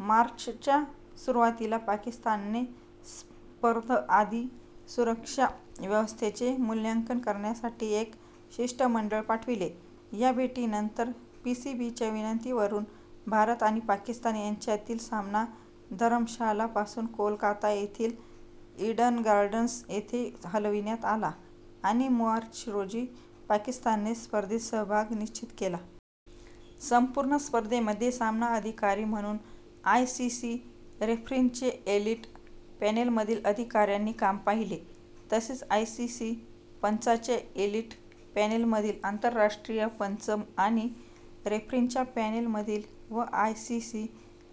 मार्च च्या सुरुवातीला पाकिस्तानने स्पर्धआधी सुरक्षा व्यवस्थेचे मुल्यांकन करण्यासाठी एक शिष्टमंडळ पाठविले. ह्या भेटीनंतर पीसीबीच्या विनंतीवरून भारत आणि पाकिस्तान यांच्यातील सामना धरमशाला पासून कोलकाता येथील ईडन गार्डन्स येथे हलविण्यात आला, आणि मार्च रोजी पाकिस्तानने स्पर्धेत सहभाग निश्चित केला. संपूर्ण स्पर्धेमध्ये सामना अधिकारी म्हणून आय. सी. सी. रेफ्रींचे एलिट पॅनेलमधील अधिकाऱ्यांनी काम पाहीले. तसेच आय. सी. सी. पंचांच्या एलिट पॅनेलमधील, आंतरराष्ट्रीय पंच आणि रेफ्रींच्या पॅनेल मधील व आय. सी. सी.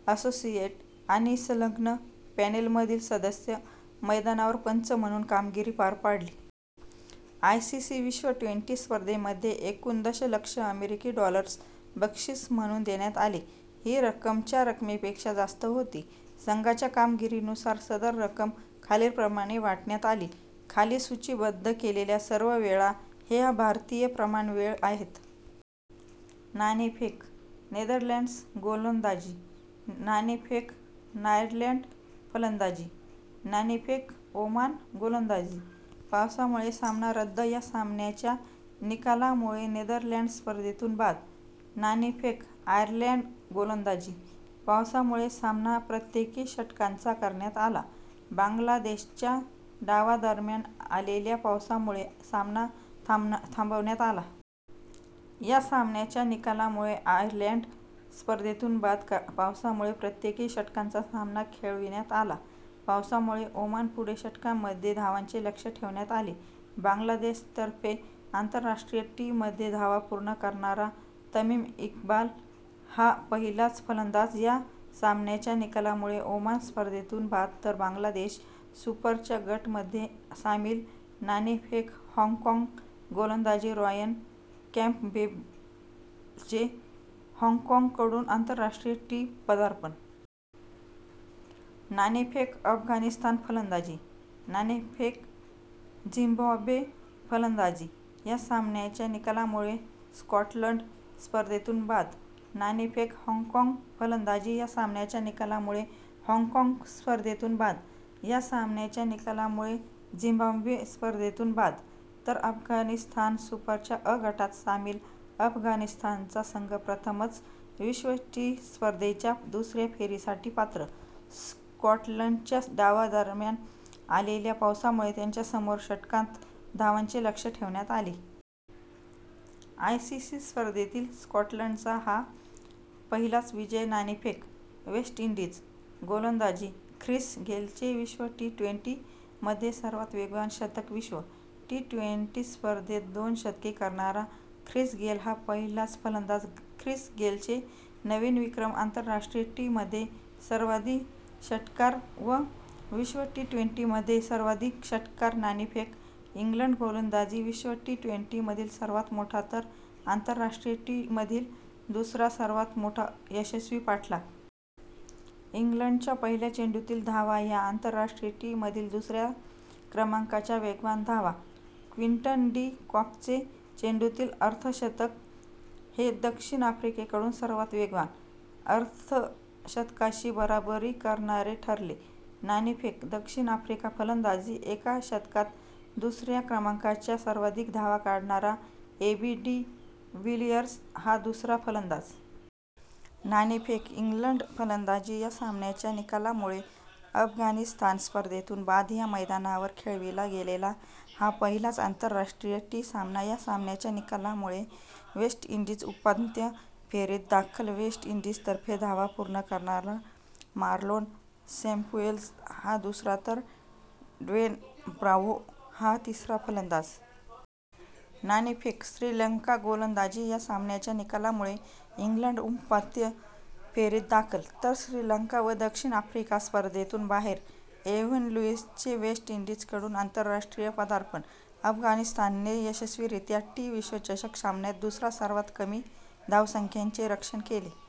असोसिएट आणि संलग्न पॅनेलमधील सदस्य मैदानावर पंच म्हणून कामगिरी पार पाडली. आयसीसी विश्व ट्वेंटी स्पर्धेमध्ये एकूण दशलक्ष अमेरिकी डॉलर्स बक्षीस म्हणून देण्यात आले. ही रक्कम च्या रकमेपेक्षा जास्त होती. संघांच्या कामगिरीनुसार सदर रक्कम खालीलप्रमाणे वाटण्यात आली: खाली सुचीबद्ध केलेल्या सर्व वेळा ह्या भारतीय प्रमाणवेळ आहेत. नाणेफेक: नेदरलँड्स, गोलंदाजी नाणेफेक: आयर्लंड, फलंदाजी नाणेफेक: ओमान, गोलंदाजी पावसामुळे सामना रद्द या सामन्याच्या निकालामुळे नेदरलँड्स स्पर्धेतून बाद नाणेफेक: आयर्लंड, गोलंदाजी पावसामुळे सामना प्रत्येकी षटकांचा करण्यात आला. बांगलादेशच्या डावादरम्यान आलेल्या पावसामुळे सामना थांबवण्यात आला. या सामन्याच्या निकालामुळे आयर्लंड स्पर्धेतून बाद पावसामुळे प्रत्येकी षटकांचा सामना खेळविण्यात आला. पावसामुळे ओमान पुढे षटकांमध्ये धावांचे लक्ष्य ठेवण्यात आले बांगलादेश तर्फे आंतरराष्ट्रीय टी मध्ये धावा पूर्ण करणारा तमीम इक्बाल हा पहिलाच फलंदाज या सामन्याच्या निकालामुळे ओमान स्पर्धेतून बाद तर बांगलादेश सुपर च्या गट मध्ये सामील नाणेफेक: हाँग काँग, गोलंदाजी रायन कॅम्पबेलचे हाँग काँग कडून आंतरराष्ट्रीय टी पदार्पण. नाणेफेक: अफगाणिस्तान, फलंदाजी नाणेफेक: झिंबाब्वे, फलंदाजी ह्या सामन्याच्या निकालामुळे स्कॉटलंड स्पर्धेतून बाद नाणेफेक: हाँग काँग, फलंदाजी ह्या सामन्याच्या निकालामुळे हाँग काँग स्पर्धेतून बाद ह्या सामन्याच्या निकालामुळे झिंबाब्वे स्पर्धेतून बाद तर अफगाणिस्तान सुपर च्या अ गटात सामील अफगाणिस्तानचा संघ प्रथमच विश्व टी स्पर्धेच्या दुसऱ्या फेरीसाठी पात्र स्कॉटलंडच्या डावा दरम्यान आलेल्या पावसामुळे त्यांच्यासमोर षटकांत धावांचे लक्ष्य ठेवण्यात आले. आय. सी. सी. स्पर्धेतील स्कॉटलंडचा हा पहिलाच विजय नाणेफेक: वेस्ट इंडीज, गोलंदाजी ख्रिस गेलचे विश्व टी-ट्वेंटी मध्ये सर्वात वेगवान शतक विश्व टी-ट्वेंटी स्पर्धेत दोन शतके करणारा ख्रिस गेल हा पहिलाच फलंदाज ख्रिस गेलचे नवीन विक्रम आंतरराष्ट्रीय टी मध्ये सर्वाधिक षट्कार व विश्व टी-ट्वेंटी मध्ये सर्वाधिक षट्कार नाणेफेक: इंग्लंड, गोलंदाजी विश्व टी-ट्वेंटी मधील सर्वात मोठा तर आंतरराष्ट्रीय टी मधील दुसरा सर्वात मोठा यशस्वी पाठलाग. इंग्लंडच्या पहिला चेंडूंतील धावा ह्या आंतरराष्ट्रीय टी मधील दुसऱ्या क्रमांकाच्या वेगवान धावा. क्विंटन डि कॉकचे चेंडूतील अर्धशतक हे दक्षिण आफ्रिकेकडून सर्वात वेगवान अर्धशतकाशी बरोबरी करणारे ठरले. नाणेफेक: दक्षिण आफ्रिका, फलंदाजी एका शतकात दुसऱ्या क्रमांकाच्या सर्वाधिक धावा काढणारा एबी डि व्हिलियर्स हा दुसरा फलंदाज. नाणेफेक: इंग्लंड, फलंदाजी या सामन्याच्या निकालामुळे अफगाणिस्तान स्पर्धेतून बाद ह्या मैदानावर खेळविला गेलेला हा पहिलाच आंतरराष्ट्रीय टी सामना या सामन्याच्या निकालामुळे वेस्ट इंडीज उपांत्य फेरीत दाखल वेस्ट इंडीज तर्फे धावा पूर्ण करणारा मार्लोन सॅम्युएल्स हा दुसरा तर ड्वेन ब्राव्हो हा तिसरा फलंदाज. नाणेफेक: श्रीलंका, गोलंदाजी या सामन्याच्या निकालामुळे इंग्लंड उपांत्य फेरीत दाखल, तर श्रीलंका व दक्षिण आफ्रिका स्पर्धेतून बाहेर इव्हीन लुईसचे वेस्ट इंडीजकडून आंतरराष्ट्रीय पदार्पण अफगाणिस्तानने यशस्वीरित्या टी- विश्वचषक सामन्यात दुसऱ्या सर्वात कमी धावसंख्याचे रक्षण केले.